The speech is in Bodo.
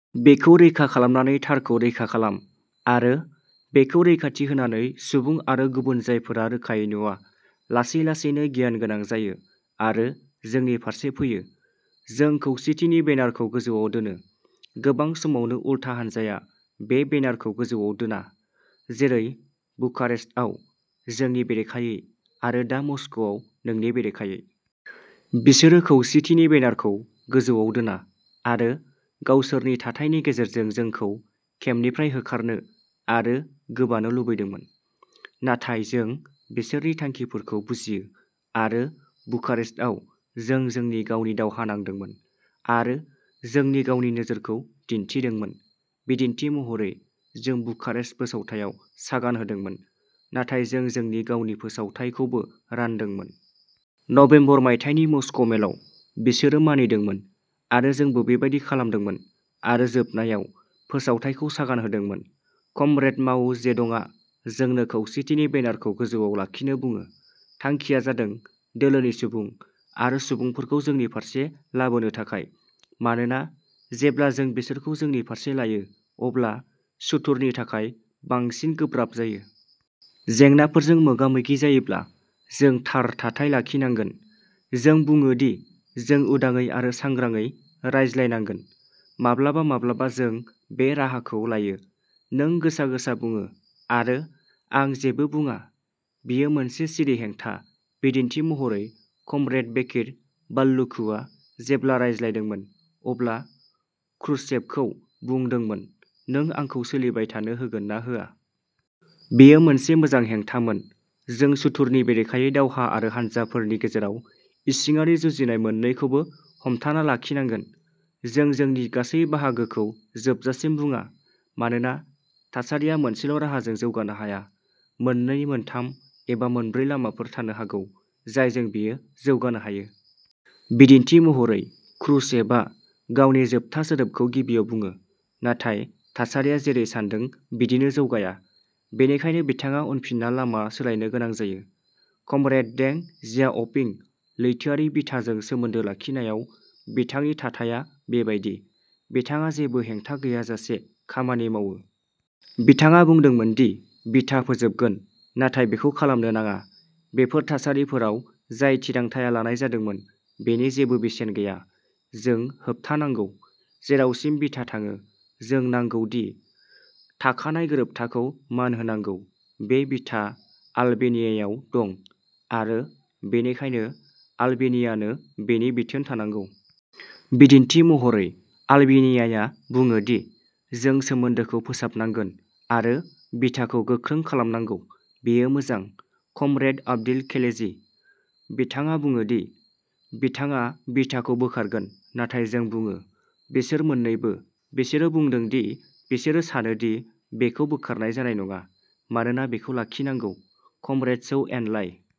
बेखौ रैखा खालामनानै थारखौ रैखा खालाम आरो बेखौ रैखाथि होनानै सुबुं आरो गुबुन जायफोरा रोखायै नुवा, लासै लासैनो गियानगोनां जायो आरो जोंनि फारसे फैयो। जों खौसेथिनि बेनारखौ गोजौआव दोनो। गोबां समावनो उल्था हानजाया बे बेनारखौ गोजौआव दोना, जेरै बुखारेस्टआव जोंनि बेरेखायै आरो दा मस्क'आव नोंनि बेरेखायै। बिसोरो खौसेथिनि बेनारखौ गोजौआव दोना आरो गावसोरनि थाथायनि गेजेरजों जोंखौ केम्पनिफ्राय होखारनो आरो गोबानो लुबैदोंमोन। नाथाय जों बिसोरनि थांखिफोरखौ बुजियो आरो बुखारेस्टआव जों जोंनि गावनि दावहा नांदोंमोन आरो जोंनि गावनि नोजोरखौ दिन्थिदोंमोन। बिदिन्थि महरै, जों बुखारेस्ट फोसावथायाव सागान होदोंमोन, नाथाय जों जोंनि गावनि फोसावथाइखौबो रानदोंमोन। नबेम्बर मायथाइनि मस्क'मेलाव, बिसोरो मानिदोंमोन आरो जोंबो बेबादि खालामदोंमोन आरो जोबनायाव, फोसावथाइखौ सागान होदोंमोन। कमरेड माओ जेडंआ जोंनो खौसेथिनि बेनारखौ गोजौआव लाखिनो बुङो। थांखिया जादों दोलोनि सुबुं आरो सुबुंफोरखौ जोंनि फारसे लाबोनो थाखाय, मानोना जेब्ला जों बिसोरखौ जोंनि फारसे लायो, अब्ला सुथुरनि थाखाय बांसिन गोब्राब जायो। जेंनाफोरजों मोगा-मोगि जायोब्ला जों थार थाथाय लाखिनांगोन। जों बुङो दि जों उदाङै आरो सांग्राङै रायज्लायनांगोन। माब्लाबा माब्लाबा जों बे राहाखौ लायो। नों गोसा-गोसा बुङो, आरो आं जेबो बुंया। बेयो मोनसे सिरि हेंथा। बिदिन्थि महरै, कमरेड बेकिर बाल्लुकुआ जेब्ला रायज्लायदोंमोन, अब्ला क्रुश्चेभखौ बुंदोंमोन, नों आंखौ सोलिबाय थानो होगोन ना होआ? बेयो मोनसे मोजां हेंथामोन। जों सुथुरनि बेरेखायै दावहा आरो हानजाफोरनि गेजेराव इसिङारि जुजिनाय मोन्नैखौबो हमथाना लाखिनांगोन। जों जोंनि गासै बाहागोखौ जोबजासिम बुंया, मानोना थासारिया मोनसेल'राहाजों जौगानो हाया। मोननै, मोनथाम, एबा मोनब्रै लामाफोर थानो हागौ जायजों बेयो जौगानो हायो। बिदिन्थि महरै, क्रुश्चेभआ गावनि जोबथा सोदोबखौ गिबियाव बुङो, नाथाय थासारिया जेरै सान्दों बिदिनो जौगाया, बेनिखायनो बिथाङा उनफिनना लामा सोलायनो गोनां जायो। कमरेड दें जियाओपिं लैथोआरि बिथाजों सोमोन्दो लाखिनायाव बिथांनि थाथाया बेबायदि। बिथाङा जेबो हेंथा गैयाजासे खामानि मावो। बिथाङा बुंदोंमोन दि बिथा फोजोबगोन, नाथाय बेखौ खालामनो नाङा। बेफोर थासारिफोराव जाय थिरांथाया लानाय जादोंमोन, बेनि जेबो बेसेन गैया। जों होबथानांगौ। जेरावसिम बिथा थाङो, जों नांगौ दि थाखानाय गोरोबथाखौ मान होनांगौ। बे बिथा आलबेनियायाव दं, आरो बेनिखायनो आलबेनियानो बेनि बिथोन थानांगौ। बिदिन्थि महरै, आलबेनियाया बुङो दि जों सोमोन्दोखौ फोसाबनांगोन आरो बिथाखौ गोख्रों खालामनांगौ। बेयो मोजां। कमरेड अब्दिल केलेजी बिथाङा बुङो दि बिथाङा बिथाखौ बोखारगोन, नाथाय जों बुङो। बिसोर मोन्नैबो बिसोरो बुंदों दि बिसोरो सानो दि बेखौ बोखारनाय जानाय नङा, मानोना बेखौ लाखिनांगौ। कमरेड झौ एनलाइ।